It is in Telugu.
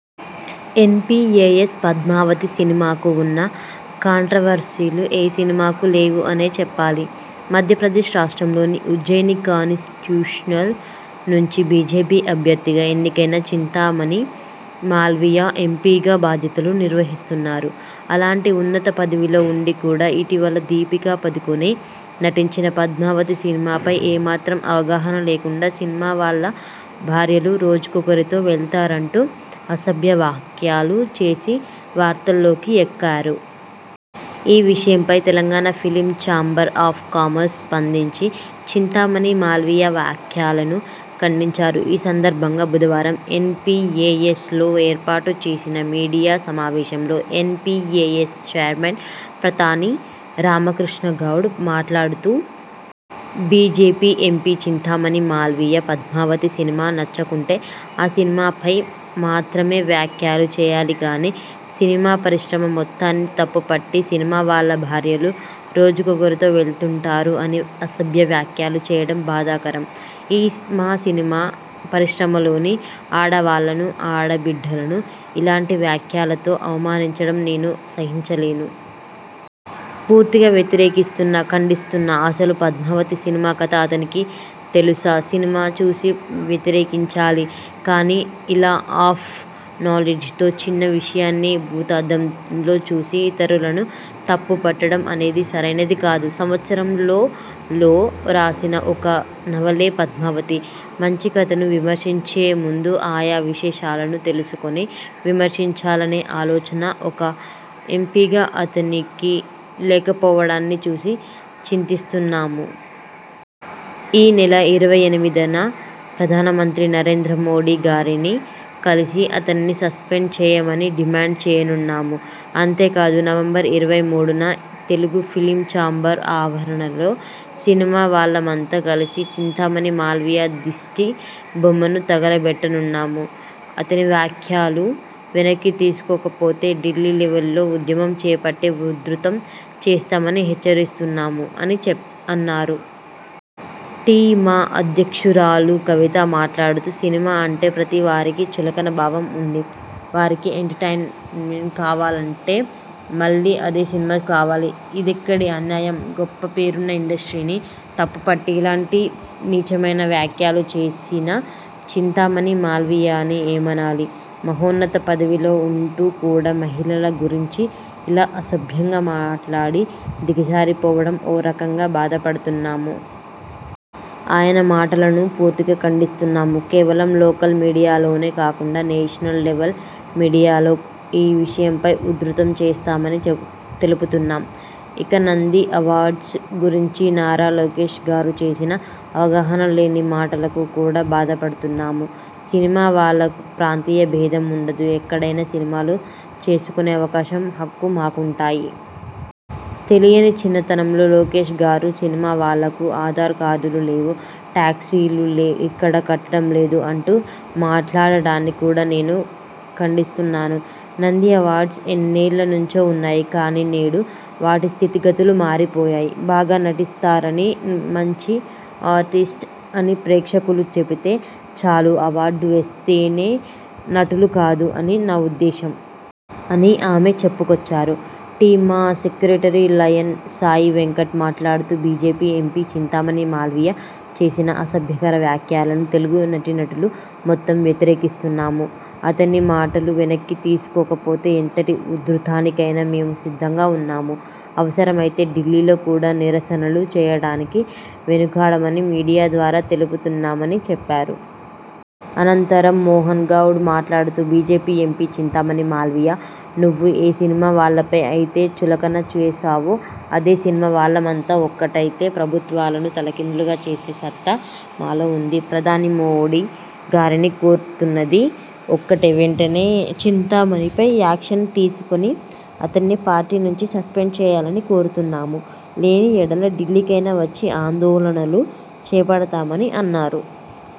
N P A S 'Padmavati' సినిమాకు ఉన్న కాంట్రవర్సీలు ఏ సినిమాకు లేవు అనే చెప్పాలి. మధ్యప్రదేశ్ రాష్ట్రంలోని ఉజ్జయిని కాన్స్టిట్యూషనల్ నుంచి బీజేపీ అభ్యర్థిగా ఎన్నికైన చింతామణి మాల్వియా ఎంపీగా బాధ్యతలు నిర్వహిస్తున్నారు. అలాంటి ఉన్నత పదవిలో ఉండి కూడా ఇటీవల దీపికా పదుకునే నటించిన 'పద్మావతి' సినిమాపై ఏమాత్రం అవగాహన లేకుండా సినిమా వాళ్ళ భార్యలు రోజుకొకరితో వెళ్తారంటూ అసభ్య వాఖ్యాలు చేసి వార్తల్లోకి ఎక్కారు. ఈ విషయంపై Telangana film chamber of commerce స్పందించి చింతామణి మాల్వియా వ్యాఖ్యలను ఖండించారు. ఈ సందర్బంగా బుధవారం ఎన్ పి ఏ ఎస్ లో ఏర్పాటు చేసిన మీడియా సమావేశంలో N P A S chairman Pratani Ramakrishna Goud మాట్లాడుతూ.. ''BJP MP Chintamani Malviya 'Padmavati' cinema నచ్చకుంటే ఆ సినిమాపై మాత్రమే వ్యాఖ్యలు చేయాలి కానీ సినిమా పరిశ్రమ మొత్తాన్ని తప్పు పట్టి సినిమా వాళ్ళ భార్యలు రోజుకొకరితో వెళ్తుంటారు అని అసభ్య వ్యాఖ్యలు చేయడం బాధాకరం. మా సినిమా పరిశ్రమలోని ఆడవాళ్లను, ఆడ బిడ్డలను ఇలాంటి వ్యాఖ్యలతో అవమానించడం నేను సహించలేను. పూర్తిగా వ్యతిరేకిస్తున్నా, ఖండిస్తున్నా. అసలు పద్మావతి సినిమా కథ అతనికి తెలుసా? సినిమా చూసి వ్యతిరేకించాలి కానీ ఇలా ఆఫ్ నాలెడ్జితో చిన్న విషయాన్ని భూతద్దంలో చూసి ఇతరులను తప్పుపట్టడం అనేది సరైనది కాదు. సంవత్సరంలో లో రాసిన ఒక నవలే పద్మావతి. మంచి కథను విమర్శించే ముందు ఆయా విశేషాలను తెలుసుకొని విమర్శించాలనే ఆలోచన ఒక ఎంపీగా అతనికి లేకపోవడాన్ని చూసి చింతిస్తున్నాము. ఈ నెల ఇరవై ఎనిమిదిన ప్రధాన మంత్రి నరేంద్ర మోడీ గారిని కలసి అతన్ని సస్పెండ్ చేయమని డిమాండ్ చేయనున్నాము. అంతే కాదు నవంబర్ ఇరవై మూడున తెలుగు ఫిలిం ఛాంబర్ ఆవరణలో సినిమా వాళ్లమంతా కలసి చింతామణి మాల్వియా దిష్టి బొమ్మను తగలబెట్టనున్నాము. అతని వ్యాఖ్యలు వెనక్కి తీసుకోకపోతే ఢిల్లీ లెవెల్లో ఉద్యమం చేపట్టి ఉధృతం చేస్తామని హెచ్చరిస్తున్నాము'' అని చెప్పా అన్నారు. టి. మా అధ్యక్షురాలు కవిత మాట్లాడుతూ.. ''సినిమా అంటే ప్రతి వారికి చులకన భావం ఉంది. వారికి ఎంటర్టైన్మెన్ కావాలంటే మళ్ళీ అదే సినిమా కావాలి. ఇదెక్కడి అన్యాయం. గొప్ప పేరున్న ఇండస్ట్రీని తప్పుపట్టి ఇలాంటి నీచమైన వ్యాఖ్యలు చేసిన చింతామణి మాల్వియాని ఏమనాలి? మహోన్నత పదవిలో ఉంటూ కూడా మహిళల గురించి ఇలా అసభ్యంగా మాట్లాడి దిగజారి పోవడం ఓ రకంగా బాధపడుతున్నాము. ఆయన మాటలను పూర్తిగా ఖండిస్తున్నాము. కేవలం లోకల్ మీడియాలోనే కాకుండా నేషనల్ లెవెల్ మీడియాలో ఈ విషయంపై ఉధృతం చేస్తామని చెప్ప తెలుపుతున్నాం. ఇక నంది అవార్డ్స్ గురుంచి నారా లోకేష్ గారు చేసిన అవగాహన లేని మాటలకు కూడా బాధపడుతున్నాము. సినిమా వాళ్లకు ప్రాంతీయ భేధం ఉండదు, ఎక్కడైనా సినిమాలు చేసుకునే అవకాశం హక్కు మాకుంటాయి. తెలియని చిన్నతనంతో లోకేష్ గారు సినిమా వాళ్లకు ఆధార్ కార్డులు లేవు, టాక్సీలు ఇక్కడ కట్టడం లేదు అంటూ మాట్లాడటాన్ని కూడా నేను ఖండిస్తున్నాను. నంది అవార్డ్స్ ఎన్నేళ్ల నుంచో ఉన్నాయి. కానీ నేడు వాటి స్థితి గతులు మారిపోయాయి. బాగా నటిస్తారని, మంచి ఆర్టిస్ట్ అని ప్రేక్షకులు చెపితే చాలు అవార్డు వస్తేనే నటులు కాదు అని నా ఉద్దేశ్యం.. '' అని ఆమె చెప్పుకొచ్చారు. టి. మా సెక్రటరీ లయన్ సాయి వెంకట్ మాట్లాడుతూ.. ''బీజేపీ ఎంపీ చింతామణి మాల్వియా చేసిన అసభ్యకర వ్యాఖ్యలను తెలుగు నటీనటులు మొత్తం వ్యతిరేకిస్తున్నాము. అతని మాటలు వెనక్కి తీసుకోకపోతే ఎంతటి ఉధృతానికైనా మేము సిద్ధంగా ఉన్నాము. అవసరమైతే ఢిల్లీలో కూడా నిరసనలు చేయడానికి వెనుకాడమని మీడియా ద్వారా తెలుపుతున్నామని'' చెప్పారు. అనంతరం మోహన్ గౌడ్ మాట్లాడుతూ.. ''బీజేపీ ఎంపీ చింతామణి మాల్వియా.. నువ్వు ఏ సినిమా వాళ్లపై అయితే చులకన చేసావో అదే సినిమా వాళ్లమంతా ఒక్కటైతే ప్రభుత్వాలను తలకిందులుగా చేసే సత్తా మాలో ఉంది. ప్రధాని మోడీ గారిని కోరుతున్నది ఒక్కటే వెంటనే చింతామణిపై యాక్షన్ తీసుకొని అతన్ని పార్టీ నుంచి సస్పెండ్ చేయాలని కోరుతున్నాము. లేని యెడల ఢిల్లీకైనా వచ్చి ఆందోళనలు చేపడతామని'' అన్నారు.